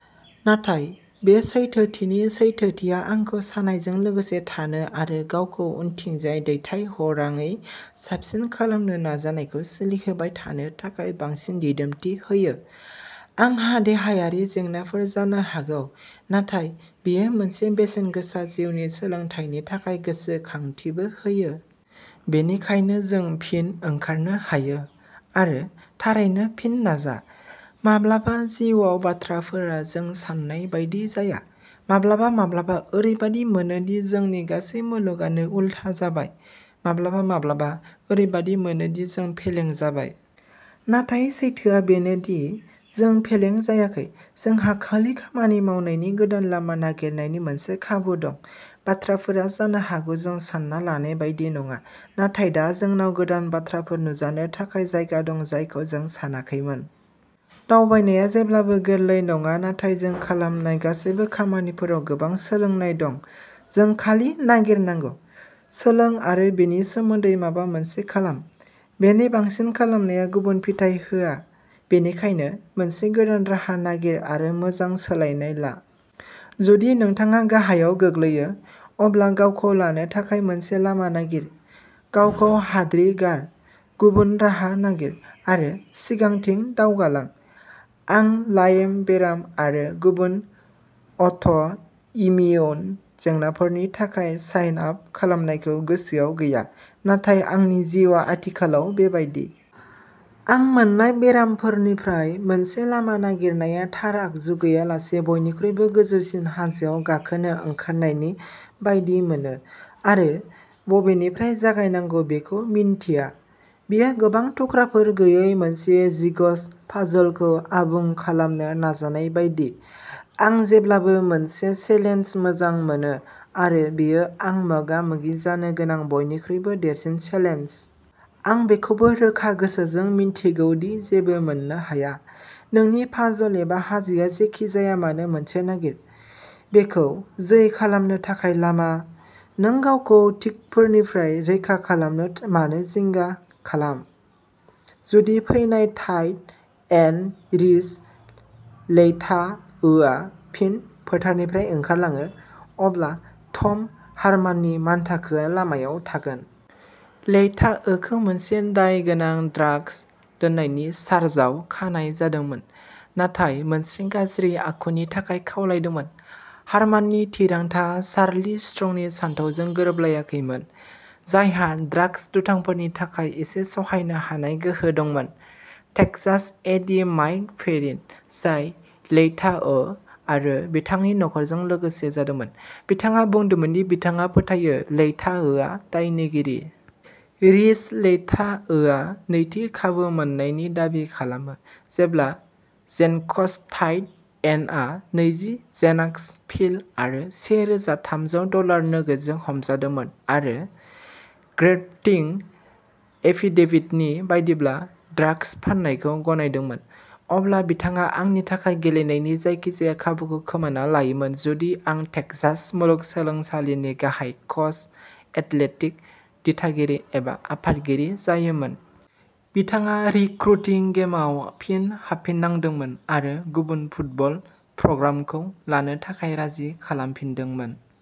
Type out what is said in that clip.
नाथाय बे सैथोथिनि सैथोथिया आंखौ सानायजों लोगोसे थानो आरो गावखौ उनथिंजाय दैथायहराङै साबसिन खालामनो नाजानायखौ सोलिहोबाय थानो थाखाय बांसिन दिदोमथि होयो। आंहा देहायारि जेंनाफोर जानो हागौ, नाथाय बेयो मोनसे बेसेनगोसा जिउनि सोलोंथायनि थाखाय गोसोखांथिबो होयो। बेनिखायनो जों फिन ओंखारनो हायो आरो थारैनो फिन नाजा। माब्लाबा जिउआव बाथ्राफोरा जों सान्नाय बायदि जाया। माब्लाबा माब्लाबा ओरैबादि मोनो दि जोंनि गासै मुलुगानो उलथा जाबाय। माब्लाबा माब्लाबा ओरैबादि मोनो दि जों फेलें जाबाय। नाथाय सैथोआ बेनो दि, जों फेलें जायाखै। जोंहा खालि खामानि मावनायनि गोदान लामा नागिरनायनि मोनसे खाबु दं। बाथ्राफोरा जानो हागौ जों सानना लानाय बायदि नङा नाथाय दा जोंनाव गोदान बाथ्राफोर नुजानो थाखाय जायगा दं जायखौ जों सानाखैमोन। दावबायनाया जेब्लाबो गोरलै नङा नाथाय जों खालामनाय गासैबो खामानिफोराव गोबां सोलोंनाय दं। जों खालि नागिरनांगौ। सोलों आरो बेनि सोमोन्दै माबा मोनसे खालाम। बेनि बांसिन खालामनाया गुबुन फिथाय होआ। बेनिखायनो मोनसे गोदान राहा नागिर आरो मोनसे मोजां सोलायनाय ला। जुदि नोंथाङा गाहायाव गोग्लैयो, अब्ला गावखौ लानो थाखाय मोनसे लामा नागिर, गावखौ हाद्रि गार, गुबुन राहा नागिर आरो सिगांथिं दावगालां। आं लाइम बेराम आरो गुबुन अट'इमिउन जेंनाफोरनि थाखाय साइन आप खालामनायखौ गोसोआव गैया, नाथाय आंनि जिउआ आथिखालाव बेबायदि। आं मोननाय बेरामफोरनिफ्राय मोनसे लामा नागिरनाया थार आगजु गैयालासे बयनिख्रुइबो गोजौसिन हाजोआव गाखोनो ओंखारनायनि बायदि मोनो आरो बबेनिफ्राय जागायनांगौ बेखौ मिन्थिया। बेयो गोबां थुख्राफोर गैयै मोनसे जिगस' पाजलखौ आबुं खालामनो नाजानाय बायदि। आं जेब्लाबो मोनसे चेलेन्ज मोजां मोनो आरो बेयो आं मोगा-मोगि जानो गोनां बयनिख्रुइ देरसिन चेलेन्ज। आं बेखौबो रोखा गोसोजों मिन्थिगौ दि जेबो मोननो हाया। नोंनि पाजल एबा हाजोआ जेखि जाया मानो मोनसे नागिर। बेखौ जै खालामनो थाखाय लामा। नों गावखौ टिकफोरनिफ्राय रैखा खालामनो मानो जिंगा खालाम। जुदि फैनाय टाइट एन्ड रिस लेइताओआ फिन फोथारनिफ्राय ओंखारलाङो, अब्ला टम हारमाननि मानथाखोआ लामायाव थागोन। लेइताओखौ मोनसे दायगोनां ड्रागस दोननायनि चार्जाव खानाय जादोंमोन, नाथाय मोनसे गाज्रि आखुनि थाखाय खावलायदोंमोन। हारमाननि थिरांथाआ चार्लि स्ट्रंनि सानथौजों गोरोबलायाखैमोन, जायहा ड्रागस दुथांफोरनि थाखाय एसे सहायनो हानाय गोहो दंमोन। टेक्सास एडि माइक पेरिन, जाय लेइताओ आरो बिथांनि नखरजों लोगो जादोंमोन, बिथाङा बुंदोंमोन दि बिथाङा फोथायो लेइटाओआ दायनिगिरि। रिस लेइताओआ नैथि खाबु मोन्नायनि दाबि खालामो। जेब्ला जेन्कस टाइट एन्डआ नैजि जेनाक्स पिल आरो से रोजा थामजौ डलार नोगोदजों हमजादोंमोन आरो, ग्रेप्तिं एफिडेविटनि बायदिब्ला, ड्रागस फाननायखौ गनायदोंमोन, अब्ला बिथाङा आंनि थाखाय गेलेनायनि जायखिजाया खाबुखौ खोमाना लायोमोन जुदि आं टेक्सास मुलुगसोलोंसालिनि गाहाय कच, एथलेटिक दिथागिरि एबा आफादगिरि जायोमोन। बिथाङा रिक्रुटिं गेमआव फिन हाबफिननांदोंमोन आरो गुबुन फुटबल प्रग्रामखौ लानो थाखाय राजि खालामफिनदोंमोन।